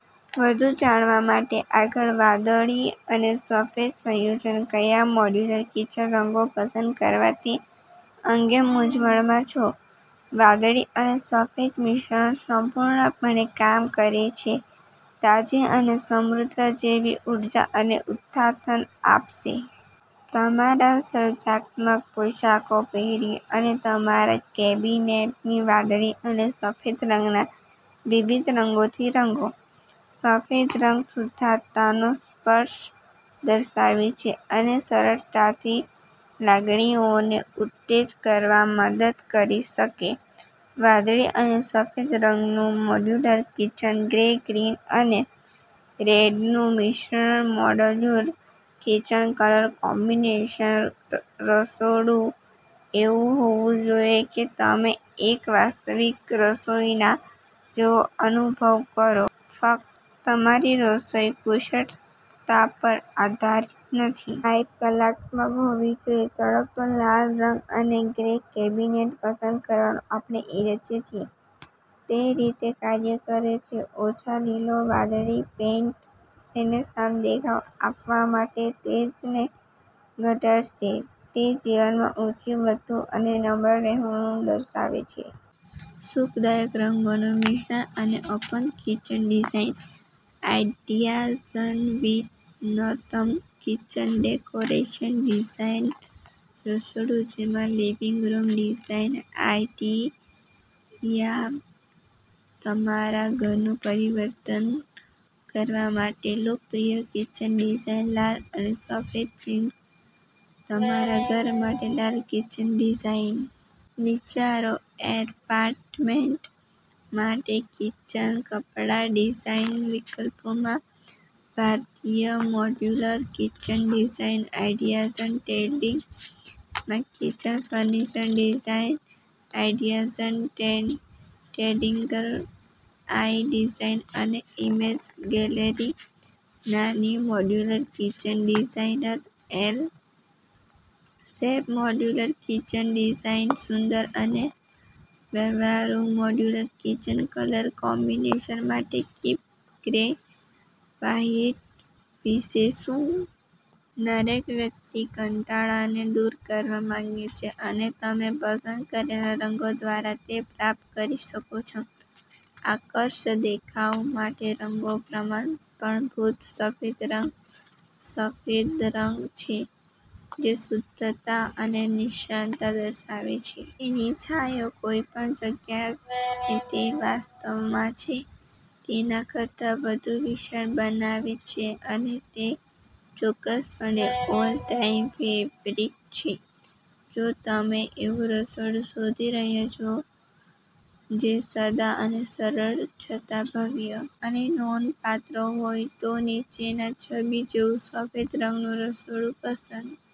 વધુ જાણવા માટે આગળ વાદળી અને સફેદ સંયોજન કયા મોડ્યુલર કિચન રંગો પસંદ કરવા તે અંગે મૂંઝવણમાં છો? વાદળી અને સફેદ મિશ્રણ સંપૂર્ણપણે કામ કરે છે. તાજી અને સમુદ્ર જેવી ઊર્જા અને ઉત્થાન આપશે. તમારા સર્જાત્મક પોશાકો પહેરી અને તમારા કેબિનેટને વાદળી અને સફેદ રંગના વિવિધ રંગોથી રંગો. સફેદ રંગ શુદ્ધતાનો સ્પર્શ દર્શાવે છે અને સરળતાની લાગણીઓને ઉત્તેજ કરવામાં મદદ કરી શકે વાદળી અને સફેદ રંગનું મોડ્યુલર કિચન ગ્રે, ગ્રીન અને રેડનું મિશ્રણમોડ્યુલર કિચન કલર કોમ્બિનેશન રસોડું એવું હોવું જોઈએ કે તમે એક વાસ્તવિક રસોઇયા જેવો અનુભવ કરો, ફક્ત તમારી રસોઈ કુશળતા પર આધારિત નથી. વાઇબ કલાત્મક હોવી જોઈએ. ચળકતો લાલ રંગ અને ગ્રે કેબિનેટ્સ પસંદ કરવાનું આપણે ઇચ્છીએ છીએ તેરીતે કાર્ય કરે છે. ઓછો લીલો વાદળી પેઇન્ટ તેને શાંત દેખાવ આપવા માટે તેજને ઘટાડશે. તે જીવનમાં ઊંચું વધતું અને નમ્ર રહેવાનું દર્શાવે છે. સુખદાયક રંગોનું મિશ્રણ અને ઓપન કિચન ડિઝાઇન આઇડિયાઝનવીનતમ કિચન ડેકોરેશન ડિઝાઇન્સ, રસોડું જેમાં લિવિંગ રૂમ ડિઝાઇન આઇડિયાતમારા ઘરનું પરિવર્તન કરવા માટે, લોકપ્રિય કિચન ડિઝાઇન લાલ અને સફેદ થીમ્સ, તમારા ઘર માટે લાલ કિચન ડિઝાઇન વિચારો, એપાર્ટમેન્ટ માટે કિચન કપડા ડિઝાઇન વિકલ્પો, માં ભારતીય modular kitchen design ideas trending, માં kitchen furniture design ideas trending ideas અને ઇમેજ ગેલેરી, નાની modular kitchen design L shape modular kitchen ડિઝાઇન્સસુંદર અને વ્યવહારુ, મોડ્યુલર કિચન કલર કોમ્બિનેશન માટે પિંક, ગ્રે અને વ્હાઇટ વિશે શું? દરેક વ્યક્તિ કંટાળાને દૂર કરવા માંગે છે, અને તમે પસંદ કરેલા રંગો દ્વારા તે પ્રાપ્ત કરી શકો છો. આકર્ષક દેખાવ માટે રંગો પ્રમાણભૂત સફેદ રંગ સફેદરંગ છે જે શુદ્ધતા અને નિર્ષતા દર્શાવે છે. તેની છાંયો કોઈપણ જગ્યાને તે વાસ્તવમાં છે તેના કરતા વધુ વિશાળ બનાવે છે અને તે ચોક્કસપણે ઓલ ટાઈમ ફેવરિટ છે. જો તમે એવું રસોડું શોધી રહ્યા છો જે સાદા અને સરળ છતાં ભવ્ય અને નોંધપાત્ર હોય, તો નીચેની છબી જેવું સફેદ રંગનું રસોડું પસંદ